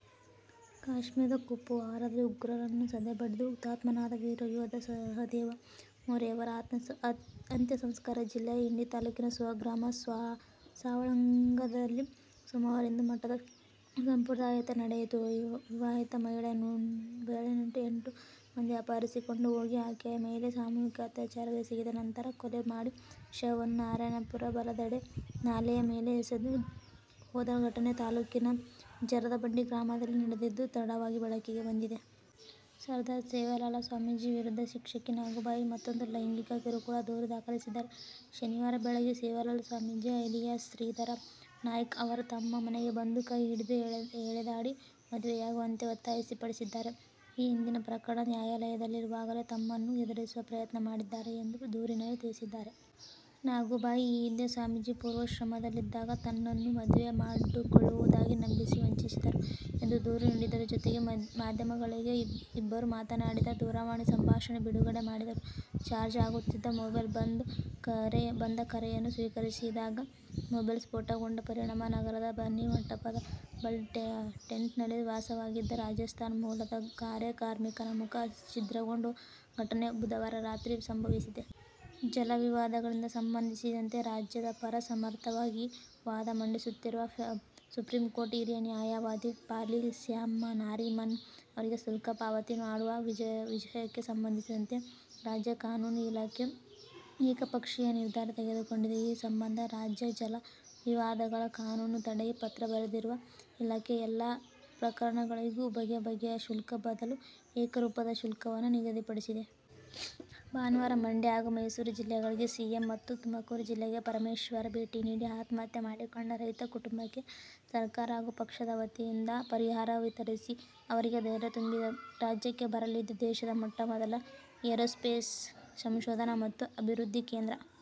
ಕಾಶ್ಮೀರದ ಕುಪ್ವಾರಾದಲ್ಲಿ ಉಗ್ರರನ್ನು ಸದೆಬಡಿದು ಹುತಾತ್ಮನಾದ ವೀರಯೋಧ ಸಹದೇವ ಮೋರೆಯವರ ಅಂತ್ಯಸಂಸ್ಕಾರ ಜಿಲ್ಲೆಯ ಇಂಡಿ ತಾಲೂಕಿನ ಸ್ವಗ್ರಾಮ ಸಾವಳಸಂಗದಲ್ಲಿ ಸೋಮವಾರ ಹಿಂದೂ ಮರಾಠ ಸಂಪ್ರದಾಯದಂತೆ ನಡೆಯಿತು. ವಿವಾಹಿತ ಮಹಿಳೆಯನ್ನು ಎಂಟು ಮಂದಿ ಅಪಹರಿಸಿಕೊಂಡು ಹೋಗಿ ಆಕೆಯ ಮೇಲೆ ಸಾಮೂಹಿಕ ಅತ್ಯಾಚಾರವೆಸಗಿದ ನಂತರ ಕೊಲೆ ಮಾಡಿ ಶವವನ್ನು ನಾರಾಯಣಪುರ ಬಲದಂಡೆ ನಾಲೆಯ ಮೇಲೆ ಎಸೆದು ಹೋದ ಘಟನೆ ತಾಲೂಕಿನ ಜರದಬಂಡಿ ಗ್ರಾಮದಲ್ಲಿ ನಡೆದಿದ್ದು, ತಡವಾಗಿ ಬೆಳಕಿಗೆ ಬಂದಿದೆ. ಸರ್ದಾರ್ ಸೇವಾಲಾಲ್ ಸ್ವಾಮೀಜಿ ವಿರುದ್ಧ ಶಿಕ್ಷಕಿ ನಾಗುಬಾಯಿ ಮತ್ತೂಂದು ಲೈಂಗಿಕ ಕಿರುಕುಳ ದೂರು ದಾಖಲಿಸಿದ್ದಾರೆ. ಶನಿವಾರ ಬೆಳಗ್ಗೆ ಸೇವಾಲಾಲ್ ಸ್ವಾಮೀಜಿ ಅಲಿಯಾಸ್ ಶ್ರೀಧರ ನಾಯ್ಕ ಅವರು ತಮ್ಮ ಮನೆಗೆ ಬಂದು ಕೈ ಹಿಡಿದು ಎಳೆದಾಡಿ, ಮದುವೆಯಾಗುವಂತೆ ಒತ್ತಾಯಪಡಿಸಿದ್ದಾರೆ. ಈ ಹಿಂದಿನ ಪ್ರಕರಣ ನ್ಯಾಯಾಲಯದಲ್ಲಿರುವಾಗಲೇ ತಮ್ಮನ್ನು ಹೆದರಿಸುವ ಪ್ರಯತ್ನ ಮಾಡಿದ್ದಾರೆ ಎಂದು ದೂರಿನಲ್ಲಿ ತಿಳಿಸಿದ್ದಾರೆ. ನಾಗುಬಾಯಿ ಈ ಹಿಂದೆ ಸ್ವಾಮೀಜಿ ಪೂರ್ವಾಶ್ರಮದಲ್ಲಿದ್ದಾಗ ತನ್ನನ್ನು ಮದುವೆ ಮಾಡಿಕೊಳ್ಳುವುದಾಗಿ ನಂಬಿಸಿ, ವಂಚಿಸಿದ್ದರು ಎಂದು ದೂರು ನೀಡಿದ್ದರು. ಜತೆಗೆ ಮಾಧ್ಯಮಗಳಿಗೆ ಇಬ್ಬರೂ ಮಾತನಾಡಿದ ದೂರವಾಣಿ ಸಂಭಾಷಣೆ ಬಿಡುಗಡೆ ಮಾಡಿದ್ದರು. ಚಾರ್ಜ್ ಆಗುತ್ತಿದ್ದ ಮೊಬೈಲ್ಗೆ ಬಂದ ಕರೆಯನ್ನು ಸ್ವೀಕರಿಸಿದಾಗ ಮೊಬೈಲ್ ಸ್ಫೋಟಗೊಂಡ ಪರಿಣಾಮ ನಗರದ ಬನ್ನಿಮಂಟಪದ ಬಳಿ ಟೆಂಟ್ನಲ್ಲಿ ವಾಸವಾಗಿದ್ದ ರಾಜಸ್ಥಾನ ಮೂಲದ ಗಾರೆ ಕಾರ್ಮಿಕನ ಮುಖ ಛಿದ್ರಗೊಂಡ ಘಟನೆ ಬುಧವಾರ ರಾತ್ರಿ ಸಂಭವಿಸಿದೆ. ಜಲ ವಿವಾದಗಳಿಗೆ ಸಂಬಂಧಿಸಿದಂತೆ ರಾಜ್ಯದ ಪರ ಸಮರ್ಥವಾಗಿ ವಾದ ಮಂಡಿಸುತ್ತಿರುವ ಸುಪ್ರೀಂಕೋರ್ಟ್ನ ಹಿರಿಯ ನ್ಯಾಯವಾದಿ ಫಾಲಿ ಸ್ಯಾಮ್ ನಾರಿಮನ್ ಅವರಿಗೆ ಶುಲ್ಕ ಪಾವತಿ ಮಾಡುವ ವಿಷಯಕ್ಕೆ ಸಂಬಂಧಿಸಿದಂತೆ ರಾಜ್ಯ ಕಾನೂನು ಇಲಾಖೆ ಏಕಪಕ್ಷೀಯ ನಿರ್ಧಾರ ತೆಗೆದುಕೊಂಡಿದೆ. ಈ ಸಂಬಂಧ ರಾಜ್ಯ ಜಲ ವಿವಾದಗಳ ಕಾನೂನು ತಂಡಕ್ಕೆ ಪತ್ರ ಬರೆದಿರುವ ಇಲಾಖೆ, ಎಲ್ಲ ಪ್ರಕರಣಗಳಿಗೂ ಬಗೆಬಗೆಯ ಶುಲ್ಕದ ಬದಲು ಏಕರೂಪದ ಶುಲ್ಕವನ್ನು ನಿಗದಿಪಡಿಸಿದೆ. ಭಾನುವಾರ ಮಂಡ್ಯ ಹಾಗೂ ಮೈಸೂರು ಜಿಲ್ಲೆಗಳಿಗೆ ಸಿಎಂ ಮತ್ತು ತುಮಕೂರು ಜಿಲ್ಲೆಗೆ ಪರಮೇಶ್ವರ್ ಭೇಟಿ ನೀಡಿ, ಆತ್ಮಹತ್ಯೆ ಮಾಡಿಕೊಂಡ ರೈತ ಕುಟುಂಬಕ್ಕೆ ಸರ್ಕಾರ ಹಾಗೂ ಪಕ್ಷದ ವತಿಯಿಂದ ಪರಿಹಾರ ವಿತರಿಸಿ, ಅವರಿಗೆ ಧೈರ್ಯ ತುಂಬಿದರು. ರಾಜ್ಯಕ್ಕೆ ಬರಲಿದೆ ದೇಶದ ಮೊಟ್ಟ ಮೊದಲ ಏರೋಸ್ಪೇಸ್ ಸಂಶೋಧನಾ ಮತ್ತು ಅಭಿವೃದ್ಧಿ ಕೇಂದ್ರ.